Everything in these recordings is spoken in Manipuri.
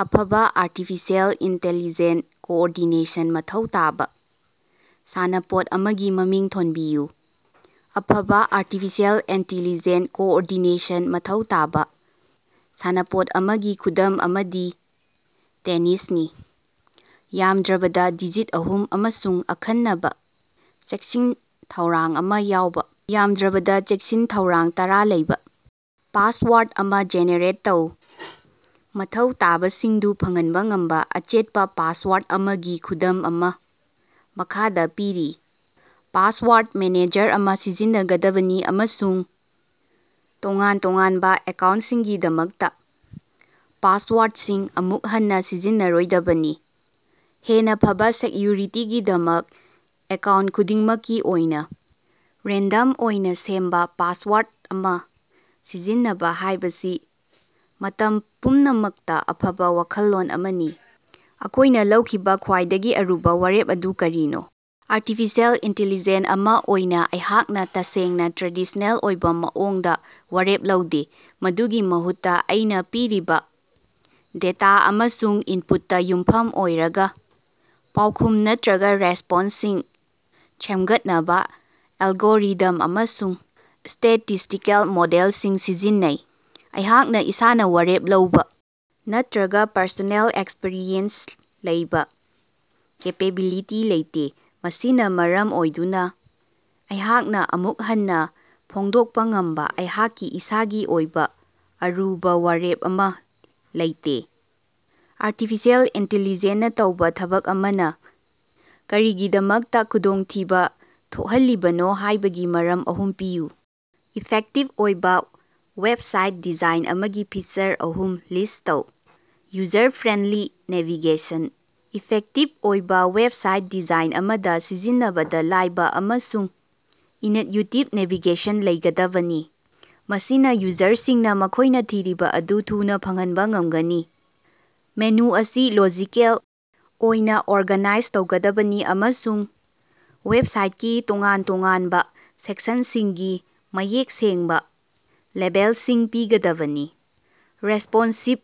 ꯑꯐꯕ ꯑ꯭ꯔꯇꯤꯐꯤꯁꯦꯜ ꯏꯟꯇꯦꯜꯂꯤꯖꯦꯟ ꯀꯣꯑꯣꯔꯗꯤꯅꯦꯁꯟ ꯃꯊꯧ ꯇꯥꯕ ꯁꯥꯟꯅꯄꯣꯠ ꯑꯃꯒꯤ ꯃꯃꯤꯡ ꯊꯣꯟꯕꯤꯌꯨ꯫ ꯑꯐꯕ ꯑ꯭ꯔꯇꯤꯐꯤꯁꯦꯜ ꯏꯟꯇꯦꯜꯂꯤꯖꯦꯟ ꯀꯣꯑꯣꯔꯗꯤꯅꯦꯁꯟ ꯃꯊꯧ ꯇꯥꯕ ꯁꯥꯟꯅꯄꯣꯠ ꯑꯃꯒꯤ ꯈꯨꯗꯝ ꯑꯃꯗꯤ ꯇꯦꯅꯤꯁꯅꯤ꯫ ꯌꯥꯝꯗ꯭ꯔꯕꯗ ꯗꯤꯖꯤꯠ ꯑꯍꯨꯝ ꯑꯃꯁꯨꯡ ꯑꯈꯟꯅꯕ ꯆꯦꯛꯁꯤꯟ-ꯊꯧꯔꯥꯡ ꯑꯃꯥ ꯌꯥꯎꯕ ,ꯌꯥꯝꯗ꯭ꯔꯕꯗ ꯆꯦꯛꯁꯤꯟ-ꯊꯧꯔꯥꯡ ꯇꯥꯔꯥ ꯂꯩꯕ ꯄꯥꯁꯋꯥꯔꯗ ꯑꯃꯥ ꯖꯦꯅꯦꯔꯦꯠ ꯇꯧ꯫ ꯃꯊꯧ ꯇꯥꯕꯁꯤꯡꯗꯨ ꯐꯪꯍꯟꯕ ꯉꯝꯕ ꯑꯆꯦꯠꯄꯥ ꯄꯥꯁꯋꯥꯔꯗ ꯑꯃꯥꯒꯤ ꯈꯨꯗꯝ ꯑꯃꯥ ꯃꯈꯥꯗꯥ ꯄꯤꯔꯤ, ꯄꯥꯁꯋꯥꯔꯗ ꯃꯦꯅꯦꯖꯔ ꯑꯃꯥ ꯁꯤꯖꯤꯟꯅꯒꯗꯕꯅꯤ ꯑꯃꯁꯨꯡ ꯇꯣꯉꯥꯟ-ꯇꯣꯉꯥꯟꯕ ꯑꯦꯀꯥꯎꯟꯇꯁꯤꯡꯒꯤꯗꯃꯛꯇꯥ ꯄꯥꯁꯋꯥꯔꯗꯁꯤꯡ ꯑꯃꯨꯛ ꯍꯟꯅꯥ ꯁꯤꯖꯤꯟꯅꯔꯣꯏꯗꯕꯅꯤ꯫ ꯍꯦꯟꯅ ꯐꯕꯥ ꯁꯦꯛꯌꯨꯔꯤꯇꯤꯒꯤꯗꯃꯛ ꯑꯦꯀꯥꯎꯟꯇ ꯈꯨꯗꯤꯡꯃꯛꯀꯤ ꯑꯣꯏꯅꯥ ꯔꯦꯟꯗꯝ ꯑꯣꯏꯅ ꯁꯦꯝꯕ ꯄꯥꯁꯋꯥꯔꯗ ꯑꯃꯥ ꯁꯤꯖꯤꯟꯅꯕ ꯍꯥꯏꯕꯁꯤ ꯃꯇꯝ ꯄꯨꯝꯅꯃꯛꯇꯥ ꯑꯐꯕ ꯋꯥꯈꯜꯂꯣꯟ ꯑꯃꯅꯤ꯫ ꯑꯩꯈꯣꯏꯅꯥ ꯂꯧꯈꯤꯕꯥ ꯈ꯭ꯋꯥꯏꯗꯒꯤ ꯑꯔꯨꯕꯥ ꯋꯥꯔꯦꯞ ꯑꯗꯨ ꯀꯔꯤꯅꯣ? ꯑ꯭ꯔꯇꯤꯐꯤꯁꯦꯜ ꯏꯟꯇꯦꯜꯂꯤꯖꯦꯟ ꯑꯃꯥ ꯑꯣꯏꯅ ꯑꯩꯍꯥꯛꯅ ꯇꯁꯦꯡꯅ ꯇ꯭ꯔꯦꯗꯤꯁ꯭ꯅꯦꯜ ꯑꯣꯏꯕ ꯃꯑꯣꯡꯗ ꯋꯥꯔꯦꯞ ꯂꯧꯗꯦ꯫ ꯃꯗꯨꯒꯤ ꯃꯍꯨꯠꯇꯥ, ꯑꯩꯅꯥ ꯄꯤꯔꯤꯕ ꯗꯦꯇꯥ ꯑꯃꯁꯨꯡ ꯏꯟꯄꯨꯠꯇꯥ ꯌꯨꯝꯐꯝ ꯑꯣꯏꯔꯒꯥ ꯄꯥꯎꯈꯨꯝ ꯅꯠꯇ꯭ꯔꯒ ꯔꯦꯁ꯭ꯄꯣꯟꯁꯁꯤꯡ ꯁꯦꯝꯒꯠꯅꯕ ꯑꯦꯜꯒꯣꯔꯤꯊꯝ ꯑꯃꯁꯨꯡ ꯁ꯭ꯇꯦꯇꯤꯁ꯭ꯇꯤꯀꯦꯜ ꯃꯣꯗꯦꯂꯁꯤꯡ ꯁꯤꯖꯤꯟꯅꯩ꯫ ꯑꯩꯍꯥꯛꯅ ꯏꯁꯥꯅꯥ ꯋꯥꯔꯦꯞ ꯂꯧꯕ ꯅꯠꯇ꯭ꯔꯒ ꯄꯔꯁꯣꯅꯦꯜ ꯑꯦꯛꯁꯄꯔꯤꯌꯦꯟꯁ ꯂꯩꯕ ꯀꯦꯄꯦꯕꯤꯂꯤꯇꯤ ꯂꯩꯇꯦ꯫ ꯃꯁꯤꯅ ꯃꯔꯝ ꯑꯣꯏꯗꯨꯅ ꯑꯩꯍꯥꯛꯅ ꯑꯃꯨꯛ ꯍꯟꯅꯥ ꯐꯣꯡꯗꯣꯛꯄꯥ ꯉꯝꯕ ꯑꯩꯍꯥꯛꯀꯤ ꯏꯁꯥꯒꯤ ꯑꯣꯏꯕ ꯑꯔꯨꯕ ꯋꯥꯔꯦꯞ ꯑꯃꯥ ꯂꯩꯇꯦ꯫ ꯑ꯭ꯔꯇꯤꯐꯤꯁꯦꯜ ꯏꯟꯇꯦꯜꯂꯤꯖꯦꯟꯅꯥ ꯇꯧꯕ ꯊꯕꯛ ꯑꯃꯅꯥ ꯀꯔꯤꯒꯤꯗꯃꯛꯇꯥ ꯈꯨꯗꯣꯡꯊꯤꯕ ꯊꯣꯛꯍꯜꯂꯤꯕꯅꯣ ꯍꯥꯏꯕꯒꯤ ꯃꯔꯝ ꯑꯍꯨꯝ ꯄꯤꯌꯨ꯫ ꯏꯐꯦꯛꯇꯤꯚ ꯑꯣꯏꯕ ꯋꯦꯕꯁꯥꯏꯠ ꯗꯤꯖꯥꯏꯟ ꯑꯃꯒꯤ ꯐꯤꯆꯔ ꯑꯍꯨꯝ ꯂꯤꯁ꯭ꯠ ꯇꯧ꯫ ꯌꯨꯖꯔ-ꯐ꯭ꯔꯦꯟꯗꯂꯤ ꯅꯦꯚꯤꯒꯦꯁꯟ: ꯏꯐꯦꯛꯇꯤꯕ ꯑꯣꯏꯕꯥ ꯋꯦꯕꯁꯥꯏꯠ ꯗꯤꯖꯥꯏꯟ ꯑꯃꯗꯥ ꯁꯤꯖꯤꯟꯅꯕꯗ ꯂꯥꯏꯕ ꯑꯃꯁꯨꯡ ꯏꯅꯠꯌꯨꯇꯤꯕ ꯅꯦꯚꯤꯒꯦꯁꯟ ꯂꯩꯒꯗꯕꯅꯤ, ꯃꯁꯤꯅꯥ ꯌꯨꯖꯔꯁꯤꯡꯅ ꯃꯈꯣꯏꯅ ꯊꯤꯔꯤꯕ ꯑꯗꯨ ꯊꯨꯅꯥ ꯐꯪꯍꯟꯕ ꯉꯝꯒꯅꯤ꯫ ꯃꯦꯅꯨ ꯑꯁꯤ ꯂꯣꯖꯤꯀꯦꯜ ꯑꯣꯏꯅ ꯑꯣꯔꯒꯥꯅꯥꯏꯖ ꯇꯧꯒꯗꯕꯅꯤ ꯑꯃꯁꯨꯡ ꯋꯦꯕꯁꯥꯏꯠꯀꯤ ꯇꯣꯉꯥꯟ-ꯇꯣꯉꯥꯟꯕ ꯁꯦꯛꯁꯟꯁꯤꯡꯒꯤ ꯃꯌꯦꯛ ꯁꯦꯡꯕꯥ ꯂꯦꯕꯦꯂꯁꯤꯡ ꯄꯤꯒꯗꯕꯅꯤ꯫ ꯔꯦꯁ꯭ꯄꯣꯟꯁꯤꯕ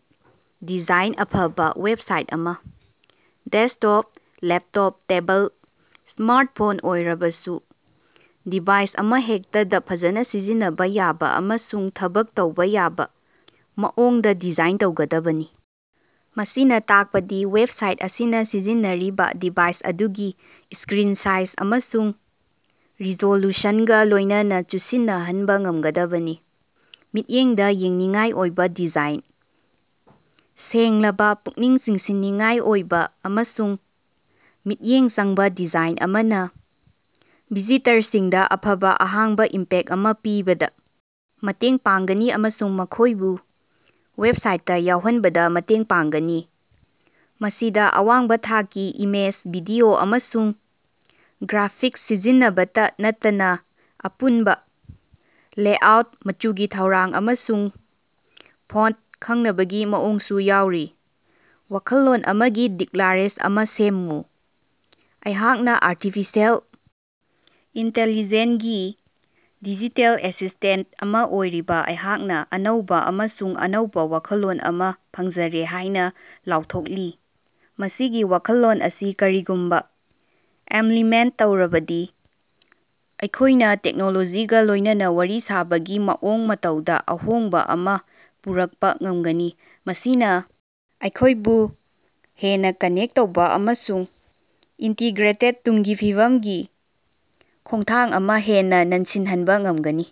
ꯗꯤꯖꯥꯏꯟ ꯑꯐꯕꯥ ꯋꯦꯕꯁꯥꯏꯠ ꯑꯃꯥ ꯗꯦꯁ꯭ꯀꯇꯣꯞ, ꯂꯦꯞꯇꯣꯞ, ꯇꯦꯕꯜ, ꯁ꯭ꯃꯥꯔꯇꯐꯣꯟ ꯑꯣꯏꯔꯕꯁꯨ ꯗꯤꯚꯥꯏꯁ ꯑꯃꯍꯦꯛꯇꯗꯥ ꯐꯖꯅ ꯁꯤꯖꯤꯟꯅꯕ ꯌꯥꯕ ꯑꯃꯁꯨꯡ ꯊꯕꯛ ꯇꯧꯕ ꯌꯥꯕ ꯃꯑꯣꯡꯗꯥ ꯗꯤꯖꯥꯏꯟ ꯇꯧꯒꯗꯕꯅꯤ꯫ ꯃꯁꯤꯅꯥ ꯇꯥꯛꯄꯗꯤ ꯋꯦꯕꯁꯥꯏꯠ ꯑꯁꯤꯅ ꯁꯤꯖꯤꯟꯅꯔꯤꯕ ꯗꯤꯚꯥꯏꯁ ꯑꯗꯨꯒꯤ ꯁ꯭ꯀꯔꯤꯟ ꯁꯥꯏꯖ ꯑꯃꯁꯨꯡ ꯔꯤꯖꯣꯂꯨꯁꯅꯒꯥ ꯂꯣꯏꯅꯅꯥ ꯆꯨꯁꯤꯟꯅꯍꯅꯕꯥ ꯉꯝꯒꯗꯕꯅꯤ꯫ ꯃꯤꯠꯌꯦꯡꯗꯥ ꯌꯦꯡꯅꯤꯡꯉꯥꯏ ꯑꯣꯏꯕꯥ ꯗꯤꯖꯥꯏꯟ: ꯁꯦꯡꯂꯕꯥ, ꯄꯨꯛꯅꯤꯡ ꯆꯤꯡꯁꯤꯟꯅꯤꯡꯉꯥꯏ ꯑꯣꯏꯕꯥ ꯑꯃꯁꯨꯡ ꯃꯤꯠꯌꯦꯡ ꯆꯪꯕꯥ ꯗꯤꯖꯥꯏꯟ ꯑꯃꯅꯥ ꯚꯤꯖꯤꯇꯔꯁꯤꯡꯗꯥ ꯑꯐꯕ ꯑꯍꯥꯟꯕ ꯏꯝꯄꯦꯛꯇ ꯑꯃꯥ ꯄꯤꯕꯗꯥ ꯃꯇꯦꯡ ꯄꯥꯡꯒꯅꯤ ꯑꯃꯁꯨꯡ ꯃꯈꯣꯏꯕꯨ ꯋꯦꯕꯁꯥꯏꯠꯇꯥ ꯌꯥꯎꯍꯟꯕꯗ ꯃꯇꯦꯡ ꯄꯥꯡꯒꯅꯤ꯫ ꯃꯁꯤꯗꯥ ꯑꯋꯥꯡꯕ ꯊꯥꯛꯀꯤ ꯏꯃꯦꯖ, ꯚꯤꯗꯤꯑꯣ, ꯑꯃꯁꯨꯡ ꯒ꯭ꯔꯥꯐꯤꯛꯁ ꯁꯤꯖꯤꯟꯅꯕꯇꯥ ꯅꯠꯇꯅꯥ ꯑꯄꯨꯟꯕ ꯂꯦꯑꯥꯎꯠ, ꯃꯆꯨꯒꯤ ꯊꯧꯔꯥꯡ, ꯑꯃꯁꯨꯡ ꯐꯣꯟꯇ ꯈꯪꯅꯕꯒꯤ ꯃꯑꯣꯡꯁꯨ ꯌꯥꯎꯔꯤ꯫ ꯋꯥꯈꯜꯂꯣꯟ ꯑꯃꯥꯒꯤ ꯗꯤꯛꯂꯥꯔꯦꯁꯟ ꯑꯃꯥ ꯁꯦꯝꯃꯨ꯫ ꯑꯩꯍꯥꯛꯅꯥ ꯑ꯭ꯔꯇꯤꯐꯤꯁꯦꯜ ꯏꯟꯇꯦꯜꯂꯤꯖꯦꯟ ꯒꯤ ꯗꯤꯖꯤꯇꯦꯜ ꯑꯦꯁꯤꯁ꯭ꯇꯦꯟꯇ ꯑꯃꯥ ꯑꯣꯏꯔꯤꯕ ꯑꯩꯍꯥꯛꯅ ꯑꯅꯧꯕ ꯑꯃꯁꯨꯡ ꯑꯅꯧꯕ ꯋꯥꯈꯜꯂꯣꯟ ꯑꯃꯥ ꯈꯪꯖꯔꯦ ꯍꯥꯏꯅꯥ ꯂꯥꯎꯊꯣꯛꯂꯤ꯫ ꯃꯁꯤꯒꯤ ꯋꯥꯈꯜꯂꯣꯟ ꯑꯁꯤ ꯀꯔꯤꯒꯨꯝꯕ ꯏꯃꯞꯂꯤꯃꯦꯟꯇ ꯇꯧꯔꯕꯗꯤ ꯑꯩꯈꯣꯏꯅꯥ ꯇꯦꯛꯅꯣꯂꯣꯖꯤꯒꯥ ꯂꯣꯏꯅꯅꯥ ꯋꯥꯔꯤ ꯁꯥꯅꯕꯒꯤ ꯃꯑꯣꯡ ꯃꯇꯧꯗꯥ ꯑꯍꯣꯡꯕꯥ ꯑꯃꯥ ꯄꯨꯔꯛꯄꯥ ꯉꯝꯒꯅꯤ꯫ ꯃꯁꯤꯅꯥ ꯑꯩꯈꯣꯏꯕꯨ ꯍꯦꯟꯅꯥ ꯀꯅꯦꯛ ꯇꯧꯕ ꯑꯃꯁꯨꯡ ꯏꯟꯇꯤꯒ꯭ꯔꯦꯇꯦꯗ ꯇꯨꯡꯒꯤ ꯐꯤꯕꯝꯒꯤ ꯈꯣꯡꯊꯥꯡ ꯑꯃꯥ ꯍꯦꯟꯅꯥ ꯅꯟꯁꯤꯟꯍꯟꯕꯥ ꯉꯝꯒꯅꯤ꯫